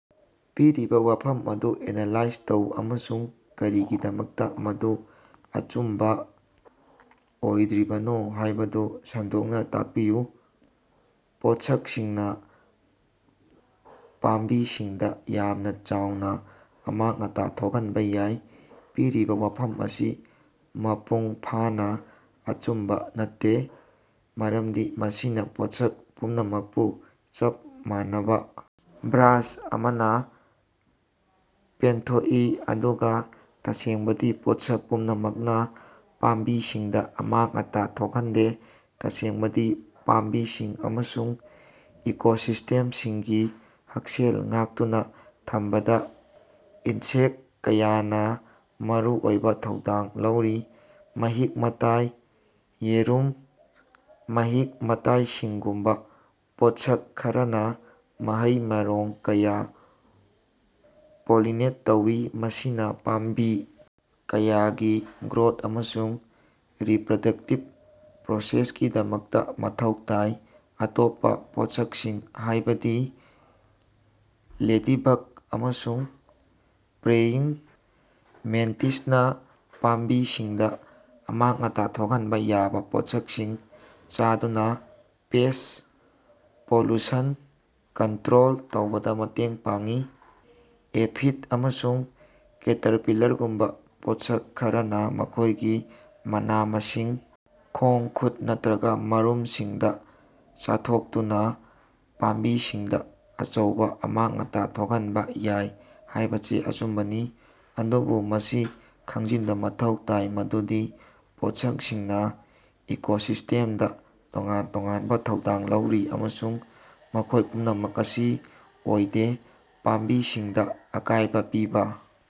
ꯄꯤꯔꯤꯕ ꯋꯥꯐꯝ ꯑꯗꯨ ꯑꯦꯅꯥꯂꯥꯏꯖ ꯇꯧ ꯑꯃꯁꯨꯡ ꯀꯔꯤꯒꯤꯗꯃꯛꯇꯥ ꯃꯗꯨ ꯑꯆꯨꯝꯕ ꯑꯣꯏꯗ꯭ꯔꯤꯕꯅꯣ ꯍꯥꯏꯕꯗꯨ ꯁꯟꯗꯣꯛꯅꯥ ꯇꯥꯛꯄꯤꯌꯨ꯫ ꯄꯣꯠꯁꯛꯁꯤꯡꯅꯥ ꯄꯥꯝꯕꯤꯁꯤꯡꯗꯥ ꯌꯥꯝꯅ ꯆꯥꯎꯅ ꯑꯃꯥꯡ-ꯑꯇꯥ ꯊꯣꯛꯍꯟꯕ ꯌꯥꯏ꯫ ꯄꯤꯔꯤꯕ ꯋꯥꯐꯝ ꯑꯁꯤ ꯃꯄꯨꯡ ꯐꯥꯅꯥ ꯑꯆꯨꯝꯕ ꯅꯠꯇꯦ, ꯃꯔꯝꯗꯤ ꯃꯁꯤꯅꯥ ꯄꯣꯠꯁꯛ ꯄꯨꯝꯅꯃꯛꯄꯨ ꯆꯞ ꯃꯥꯟꯅꯕ ꯕ꯭ꯔꯥꯁ ꯑꯃꯅꯥ ꯄꯦꯟꯊꯣꯛꯏ ꯑꯗꯨꯒꯥ ꯇꯁꯦꯡꯕꯗꯤ, ꯄꯣꯠꯁꯛ ꯄꯨꯝꯅꯃꯛꯅꯥ ꯄꯥꯝꯕꯤꯁꯤꯡꯗꯥ ꯑꯃꯥꯡ-ꯑꯇꯥ ꯊꯣꯛꯍꯟꯗꯦ꯫ ꯇꯁꯦꯡꯕꯗꯤ, ꯄꯥꯝꯕꯤꯁꯤꯡ ꯑꯃꯁꯨꯡ ꯏꯀꯣꯁꯤꯁ꯭ꯇꯦꯝꯁꯤꯡꯒꯤ ꯍꯛꯁꯦꯜ ꯉꯥꯛꯇꯨꯅꯥ ꯊꯝꯕꯗꯥ ꯏꯟꯁꯦꯛ ꯀꯌꯥꯅꯥ ꯃꯔꯨꯑꯣꯏꯕ ꯊꯧꯗꯥꯡ ꯂꯧꯔꯤ꯫ ꯃꯍꯤꯛ-ꯃꯇꯥꯏ, ꯌꯦꯔꯨꯝ, ꯃꯍꯤꯛ-ꯃꯇꯥꯏꯁꯤꯡꯒꯨꯝꯕ ꯄꯣꯠꯁꯛ ꯈꯔꯅꯥ ꯃꯍꯩ-ꯃꯔꯣꯡ ꯀꯌꯥ ꯄꯣꯂꯤꯅꯦꯠ ꯇꯧꯏ, ꯃꯁꯤꯅꯥ ꯄꯥꯝꯕꯤ ꯀꯌꯥꯒꯤ ꯒ꯭ꯔꯣꯊ ꯑꯃꯁꯨꯡ ꯔꯤꯞꯔꯗꯛꯇꯤꯚ ꯄ꯭ꯔꯣꯁꯦꯁꯀꯤꯗꯃꯛꯇꯥ ꯃꯊꯧ ꯇꯥꯏ꯫ ꯑꯇꯣꯞꯄꯥ ꯄꯣꯠꯁꯛꯁꯤꯡ, ꯍꯥꯏꯕꯗꯤ ꯂꯦꯗꯤꯕꯛ ꯑꯃꯁꯨꯡ ꯄ꯭ꯔꯦꯌꯤꯡ ꯃꯦꯟꯇꯤꯁꯅꯥ ꯄꯥꯝꯕꯤꯁꯤꯡꯗꯥ ꯑꯃꯥꯡ-ꯑꯇꯥ ꯊꯣꯛꯍꯟꯕ ꯌꯥꯕ ꯄꯣꯠꯁꯛꯁꯤꯡ ꯆꯥꯗꯨꯅꯥ ꯄꯦꯁ꯭ꯠ ꯄꯣꯄꯨꯂꯦꯁꯟ ꯀꯟꯠꯔꯣꯜ ꯇꯧꯕꯗꯥ ꯃꯇꯦꯡ ꯄꯥꯡꯏ꯫ ꯑꯦꯐꯤꯗ ꯑꯃꯁꯨꯡ ꯀꯦꯇꯔꯄꯤꯂꯔꯒꯨꯝꯕ ꯄꯣꯠꯁꯛ ꯈꯔꯅꯥ ꯃꯈꯣꯏꯒꯤ ꯃꯅꯥ-ꯃꯁꯤꯡ, ꯈꯣꯡ-ꯈꯨꯠ ꯅꯠꯇ꯭ꯔꯒꯥ ꯃꯔꯨꯝꯁꯤꯡꯗꯥ ꯆꯥꯊꯣꯛꯗꯨꯅꯥ ꯄꯥꯝꯕꯤꯁꯤꯡꯗꯥ ꯑꯆꯧꯕꯥ ꯑꯃꯥꯡ-ꯑꯇꯥ ꯊꯣꯛꯍꯟꯕ ꯌꯥꯏ ꯍꯥꯏꯕꯁꯤ ꯑꯆꯨꯝꯕꯅꯤ, ꯑꯗꯨꯕꯨ ꯃꯁꯤ ꯈꯪꯖꯤꯟꯕꯥ ꯃꯊꯧ ꯇꯥꯏ ꯃꯗꯨꯗꯤ ꯄꯣꯠꯁꯛꯁꯤꯡꯅꯥ ꯏꯀꯣꯁꯤꯁ꯭ꯇꯦꯝꯗꯥ ꯇꯣꯉꯥꯟ ꯇꯣꯉꯥꯟꯕ ꯊꯧꯗꯥꯡ ꯂꯧꯔꯤ ꯑꯃꯁꯨꯡ ꯃꯈꯣꯏ ꯄꯨꯝꯅꯃꯛ ꯑꯁꯤ ꯑꯣꯏꯗꯦ꯫ ꯄꯥꯝꯕꯤꯁꯤꯡꯗꯥ ꯑꯀꯥꯏꯕ ꯄꯤꯕ꯫